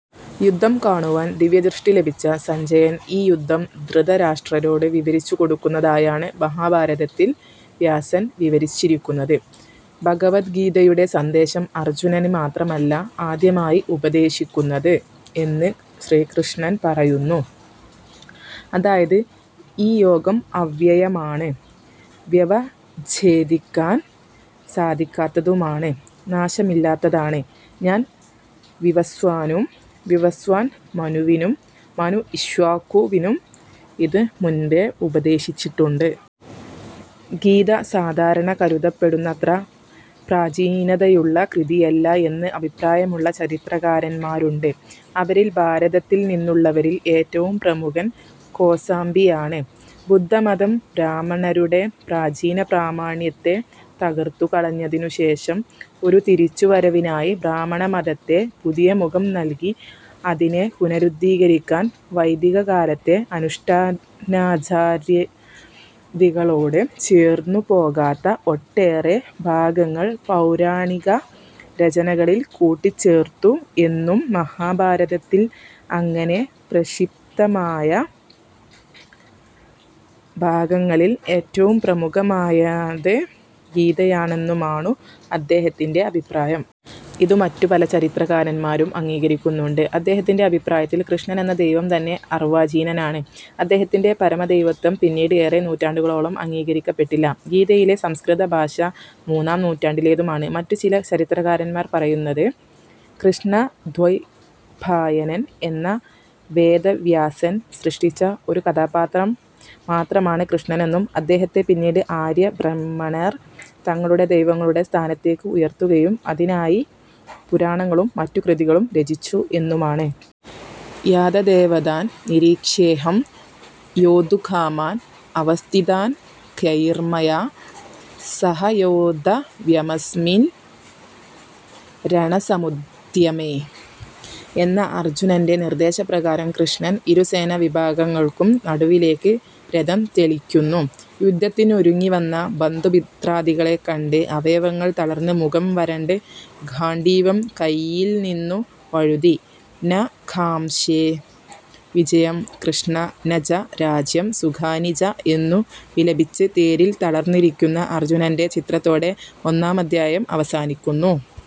യുദ്ധം കാണുവാൻ ദിവ്യദൃഷ്ടി ലഭിച്ച സഞ്ജയൻ ഈ യുദ്ധം ധൃതരാഷ്ട്രരോട് വിവരിച്ചു കൊടുക്കുന്നതായാണ് മഹാഭാരതത്തിൽ വ്യാസൻ വിവരിച്ചിരിക്കുന്നത്. ഭഗവദ്ഗീതയുടെ സന്ദേശം അർജ്ജുനന് മാത്രമല്ല ആദ്യമായി ഉപദേശിക്കുന്നത് എന്ന് ശ്രീകൃഷ്ണൻ പറയുന്നു. അതായത് ഈ യോഗം അവ്യയമാണ്, വ്യവച്ഛേദിക്കാൻ സാധിക്കാത്തതുമാണ്, നാശമില്ലാത്തതാണ്. ഞാൻ വിവസ്വാനും, വിവസ്വാൻ മനുവിനും മനു ഇക്ഷ്വാകു വിനും ഇത് മുൻപേ ഉപദേശിച്ചിട്ടുണ്ട്. ഗീത സാധാരണ കരുതപ്പെടുന്നത്ര പ്രാചീനതയുള്ള കൃതിയല്ല എന്ന് അഭിപ്രായമുള്ള ചരിത്രകാരന്മാരുണ്ട്. അവരിൽ ഭാരതത്തിൽ നിന്നുള്ളവരിൽ ഏറ്റവും പ്രമുഖൻ കോസാംബിയാണ്. ബുദ്ധമതം ബ്രാഹ്മണരുടെ പ്രാചീനപ്രാമാണ്യത്തെ തകർത്തു കളഞ്ഞതിനുശേഷം ഒരു തിരിച്ചു വരവിനായി ബ്രാഹ്മണമതത്തെ പുതിയ മുഖം നൽകി അതിനെ പുനരുദ്ധരിക്കാൻ വൈദികകാലത്തെ അനുഷ്ഠാനാചാരാദികളോട് ചേർന്നു പോകാത്ത ഒട്ടേറെ ഭാഗങ്ങൾ പൗരാണിക രചനകളിൽ കൂട്ടിച്ചേർത്തു എന്നും മഹാഭാരത്തിൽ അങ്ങനെ പ്രക്ഷിപ്തമായ ഭാഗങ്ങളിൽ ഏറ്റവും പ്രമുഖമായത് ഗീതയാണെന്നുമാണു അദ്ദേഹത്തിന്റെ അഭിപ്രായം. ഇത് മറ്റു പല ചരിത്രകാരന്മാരും അംഗീകരിക്കുന്നുണ്ട്. അദ്ദേഹത്തിന്റെ അഭിപ്രായത്തിൽ, കൃഷ്ണനെന്ന ദൈവം തന്നെ അർവ്വാചീനനാണ്. അദ്ദേഹത്തിന്റെ പരമദൈവത്വം പിന്നീട് ഏറെ നൂറ്റാണ്ടുകളോളം അംഗീകരിക്കപ്പെട്ടില്ല. ഗീതയിലെ സംസ്കൃത ഭാഷ മൂന്നാം നൂറ്റാണ്ടിലേതുമാണ്. മറ്റു ചില ചരിത്രകാരന്മാർ പറയുന്നത് കൃഷ്ണദ്വൈപായനൻ എന്ന വേദവ്യാസൻ സൃഷ്ടിച്ച ഒരു കഥാപാത്രം മാത്രമാണ് കൃഷ്ണനെന്നും അദ്ദേഹത്തെ പിന്നീട് ആര്യബ്രാഹ്മണർ തങ്ങളുടെ ദൈവങ്ങളുടെ സ്ഥാനത്തേക്ക് ഉയർത്തുകയും അതിനായി പുരാണങ്ങളും മറ്റു കൃതികളും രചിച്ചു എന്നുമാണ്. യാദവേതാൻ നിരീക്ഷ്യേഹം യോദ്ധുകാമാൻ അവസ്ഥിതാൻകൈർമയാ സഹ യോദ്ധവ്യമസ്മിൻ രണസമുദ്യമേ. എന്ന അർജ്ജുനന്റെ നിർദ്ദേശപ്രകാരം ശ്രീകൃഷ്ണൻ ഇരുസേനാവിഭാഗങ്ങൾക്കും നടുവിലേയ്ക്കു രഥം തെളിയ്ക്കുന്നു. യുദ്ധത്തിനൊരുങ്ങിവന്ന ബന്ധുമിത്രാദികളെ കണ്ട് അവയവങ്ങൾ തളർന്ന്, മുഖം വരണ്ട്, ഗാണ്ഡീവം കൈയിൽന്നിന്നു വഴുതി, ന കാംക്ഷേ വിജയം കൃഷ്ണ ന ച രാജ്യം സുഖാനി ച എന്നു വിലപിച്ച് തേരിൽ തളർന്നിരിയ്ക്കുന്ന അർജ്ജുനന്റെ ചിത്രത്തോടെ ഒന്നാമദ്ധ്യായം അവസാനിയ്ക്കുന്നു.